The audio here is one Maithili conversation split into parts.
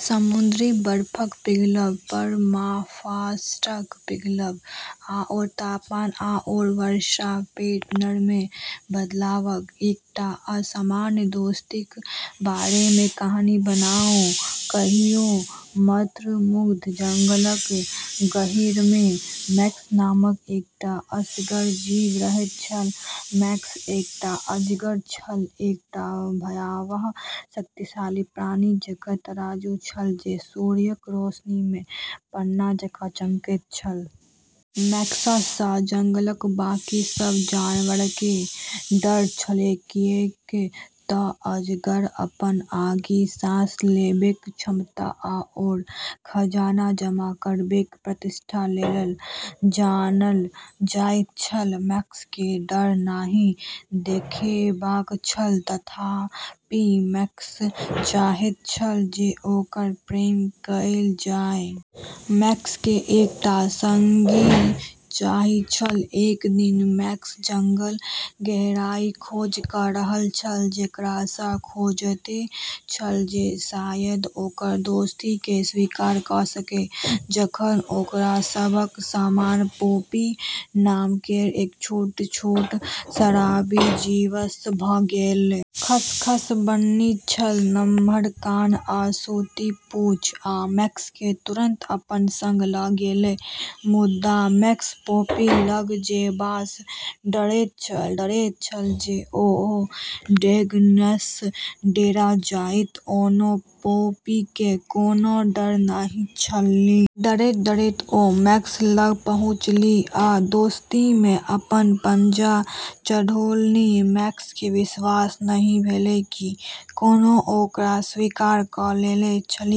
समुद्री बर्फक पिघलब, परमाफ्रॉस्टक पिघलब, आओर तापमान आओर वर्षाक पैटर्नमे बदलावक। एकटा असामान्य दोस्तीक बारेमे कहानी बनाउ। कहियो मंत्रमुग्ध जंगलक गहींरमे मैक्स नामक एकटा असगर जीव रहैत छल। मैक्स एकटा अजगर छल, एकटा भयावह, शक्तिशाली प्राणी जकर तराजू छल जे सूर्यक रोशनीमे पन्ना जकाँ चमकैत छल। मैक्ससँ जंगलक बाँकी सब जानवरकेँ डर छलैक, किऐक तऽ अजगर अपन आगि-साँस लेबैक क्षमता आओर खजाना जमा करबैक प्रतिष्ठा लेल जानल जाइत छल। मैक्सकेँ डर नहि देखेबाक छल, तथापि; मैक्स चाहैत छल जे ओकरा प्रेम कएल जाय। मैक्सकेँ एकटा संगी चाही छल। एक दिन मैक्स जंगलक गहराईक खोज कऽ रहल छल, जेकरासँ खोजैत छल जे शायद ओकर दोस्तीकेँ स्वीकार कऽ सकै जखन ओकरा सभक सामना पोपी नाम केर एक छोट-छोट, शराबी जीवसँ भऽ गेलै। खसखस बन्नी छल, नम्हर कान आ सूती-पूँछ, आ मैक्सकेँ तुरन्त अपना संग लऽ गेलै। मुदा मैक्स पोपी लग जेबासँ डरैत छल, डरैत छल जे ओहो ड्रैगनसँ डेरा जायत। ओना पोपीकेँ कोनो डर नहि छलनि। डरैत-डरैत ओ मैक्स लग पहुँचलीह, आ दोस्तीमे अपन पंजा चढ़ौलनि। मैक्सकेँ विश्वास नहि भेलै कि कोनो ओकरा स्वीकार कऽ लेने छल!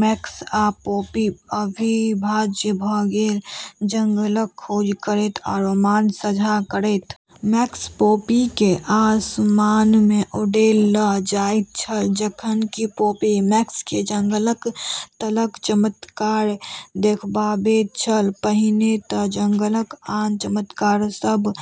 मैक्स आ पोपी अविभाज्य भऽ गेल, जंगलक खोज करैत आ रोमांच साझा करैत। मैक्स पोपीकेँ आसमानमे उड़ैत लऽ जाइत छल, जखन कि पोपी मैक्सकेँ जंगलक तलक चमत्कार देखाबैत छल। पहिने तँ जंगलक आन जानवर सभ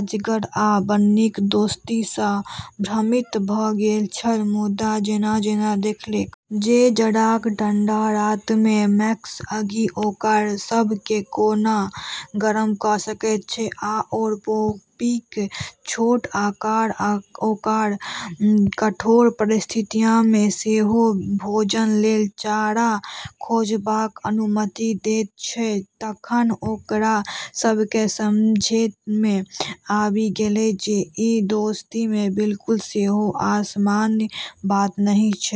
अजगर आ बन्नीक दोस्तीसँ भ्रमित भऽ गेल छल। मुदा जेना-जेना देखलकै जे जाड़ाक ठंडा रातमे मैक्सक आगि ओकरा सभकेँ कोना गरम कऽ सकैत छै, आओर पोपीक छोट आकार ओकरा कठोर परिस्थितिमे सेहो भोजन लेल चारा खोजबाक अनुमति दैत छै, तखन ओकरा सभकेँ समझैमे आबि गेलै जे ई दोस्तीमे बिल्कुल सेहो असामान्य बात नहि छै।